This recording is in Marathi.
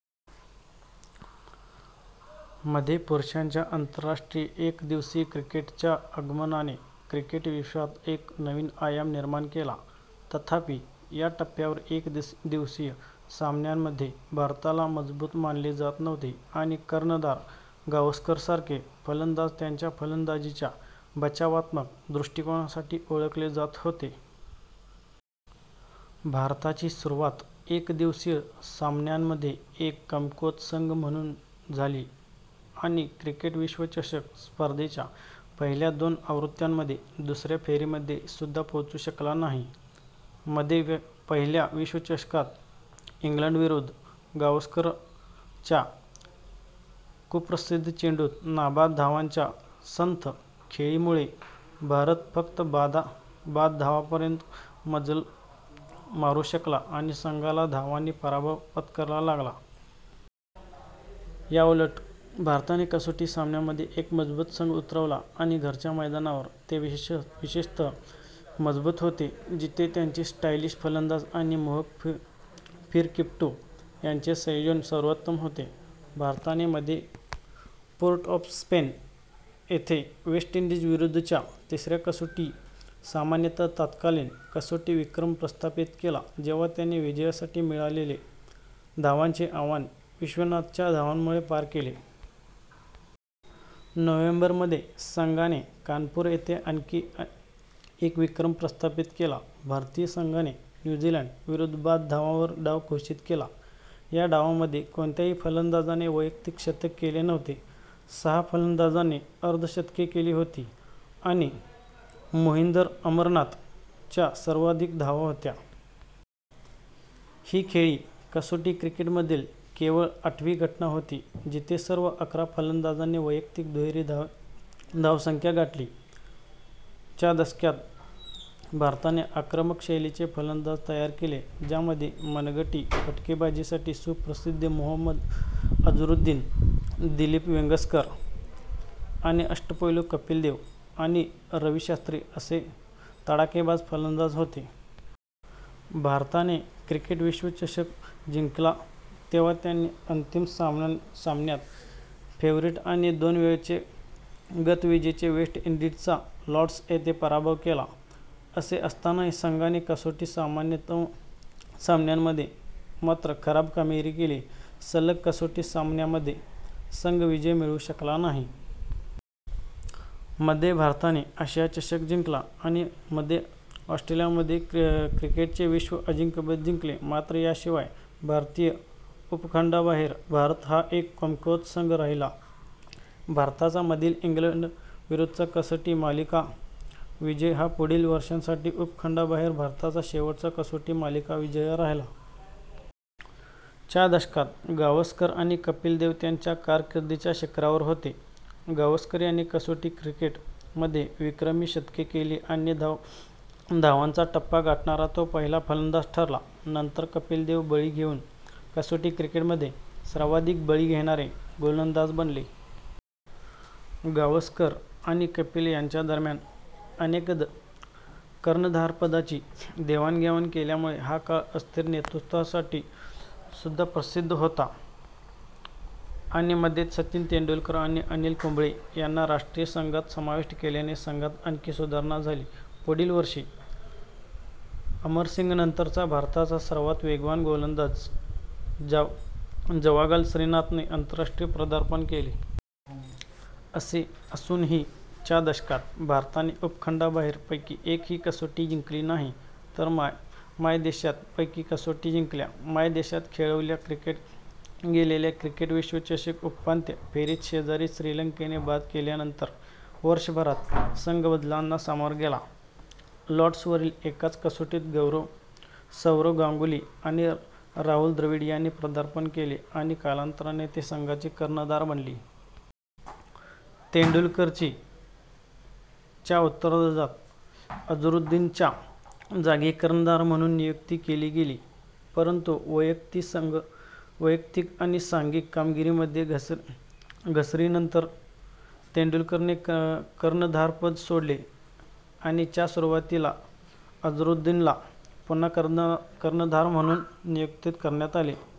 मध्ये पुरुषांच्या आंतरराष्ट्रीय एकदिवसीय क्रिकेट च्या आगमनाने क्रिकेट विश्वात एक नवीन आयाम निर्माण केला. तथापि, या टप्प्यावर एकदिवसीय सामन्यांमध्ये भारताला मजबूत मानले जात नव्हते आणि कर्णधार गावस्करसारखे फलंदाज त्यांच्या फलंदाजीच्या बचावात्मक दृष्टिकोनासाठी ओळखले जात होते. भारताची सुरुवात एकदिवसीय सामन्यांमध्ये एक कमकुवत संघ म्हणून झाली आणि क्रिकेट विश्वचषक स्पर्धेच्या पहिल्या दोन आवृत्त्यांमध्ये दुसऱ्या फेरीमध्ये सुद्धा पोहोचू शकला नाही. मध्ये पहिल्या विश्वचषकात इंग्लंडविरुद्ध गावस्करच्या कुप्रसिद्ध चेंडूत नाबाद धावांच्या संथ खेळीमुळे भारत फक्त बाद धावांपर्यंत मजल मारू शकला आणि संघाला धावांनी पराभव पत्करावा लागला.। याउलट, भारताने कसोटी सामन्यांमध्ये एक मजबूत संघ उतरवला आणि घरच्या मैदानावर ते विशेषतः मजबूत होते, जिथे त्यांचे स्टायलिश फलंदाज आणि मोहक फिरकीपटू यांचे संयोजन सर्वोत्तम होते. भारताने मध्ये पोर्ट-ऑफ-स्पेन येथे वेस्ट इंडीज विरुद्धच्या तिसऱ्या कसोटी सामन्यात तत्कालीन कसोटी विक्रम प्रस्थापित केला, जेव्हा त्यांनी विजयासाठी मिळालेले धावांचे आव्हान विश्वनाथच्या धावांमुळे पार केले. नोव्हेंबर मध्ये संघाने कानपूर येथे आणखी एक विक्रम प्रस्थापित केला. भारतीय संघाने न्यू झीलंड विरुद्ध बाद धावांवर डाव घोषित केला. ह्या डावामध्ये कोणत्याही फलंदाजाने वैयक्तिक शतक केले नव्हते. सहा फलंदाजांनी अर्धशतके केली होती, आणि मोहिंदर अमरनाथ च्या सर्वाधिक धावा होत्या. ही खेळी कसोटी क्रिकेटमधील केवळ आठवी घटना होती जिथे सर्व अकरा फलंदाजांनी वैयक्तिक दुहेरी धावसंख्या गाठली. च्या दशकात, भारताने आक्रमक शैलीचे फलंदाज तयार केले. ज्यामध्ये मनगटी फटकेबाजीसाठी प्रसिद्ध मोहम्मद अझरुद्दीन, दिलीप वेंगसरकर आणि अष्टपैलू कपिल देव आणि रवी शास्त्री असे तडाखेबाज फलंदाज होते. भारताने क्रिकेट विश्वचषक जिंकला तेव्हा त्यांनी अंतिम सामन्यात फेव्हरिट आणि दोन वेळचे गतविजेते वेस्ट इंडीजचा लॉर्ड्स येथे पराभव केला. असे असतानाही, संघाने कसोटी सामन्यांमध्ये मात्र खराब कामगिरी केली. सलग कसोटी सामन्यांमध्ये संघ विजय मिळवू शकला नाही. मध्ये भारताने आशिया चषक जिंकला आणि मध्ये ऑस्ट्रेलियामध्ये क्रिकेटचे विश्व अजिंक्यपद जिंकले. मात्र याशिवाय भारतीय उपखंडाबाहेर भारत हा एक कमकुवत संघच राहिला. भारताचा मधील इंग्लंड विरुद्धचा कसोटी मालिका विजय हा पुढील वर्षांसाठी उपखंडाबाहेर भारताचा शेवटचा कसोटी मालिका विजय राहिला. च्या दशकात गावस्कर आणि कपिल देव त्यांच्या कारकिर्दीच्या शिखरावर होते. गावस्कर यांनी कसोटी क्रिकेट मध्ये विक्रमी शतके केली आणि धावांचा टप्पा गाठणारा तो पहिला फलंदाज ठरला. नंतर कपिल देव बळी घेऊन कसोटी क्रिकेटमध्ये सर्वाधिक बळी घेणारे गोलंदाज बनले. गावसकर आणि कपिल यांच्यादरम्यान अनेकद कर्णधारपदाची देवाणघेवाण केल्यामुळे हा काळ अस्थिर नेतृत्वासाठी सुद्धा प्रसिद्ध होता. आणि मध्ये सचिन तेंडुलकर आणि अनिल कुंबळे यांना राष्ट्रीय संघात समाविष्ट केल्याने संघात आणखी सुधारणा झाली. पुढील वर्षी, अमरसिंगनंतरचा भारताचा सर्वात वेगवान गोलंदाज जवागल श्रीनाथने आंतरराष्ट्रीय पदार्पण केले. असे असूनही, च्या दशकात, भारताने उपखंडाबाहेर पैकी एकही कसोटी जिंकली नाही तर मायदेशात पैकी कसोटी जिंकल्या. मायदेशात खेळवल्या गेलेल्या क्रिकेट विश्वचषक उपांत्य फेरीत शेजारी श्रीलंकेने बाद केल्यानंतर, वर्षभरात संघ बदलांना समोर गेला. लॉर्ड्स वरील एकाच कसोटीत सौरव गांगुली आणि राहुल द्रविड यांनी पदार्पण केले आणि कालांतराने ते संघाचे कर्णधार बनले. तेंडुलकरची च्या उत्तरार्धात अझरुद्दीनच्या जागी कर्णधार म्हणून नियुक्ती केली गेली, परंतु वैयक्तिक आणि सांघिक कामगिरीमध्ये घसरणीनंतर तेंडुलकरने कर्णधारपद सोडले आणि च्या सुरुवातीला अझरुद्दीनला पुन्हा कर्णधार म्हणून नियुक्त करण्यात आले.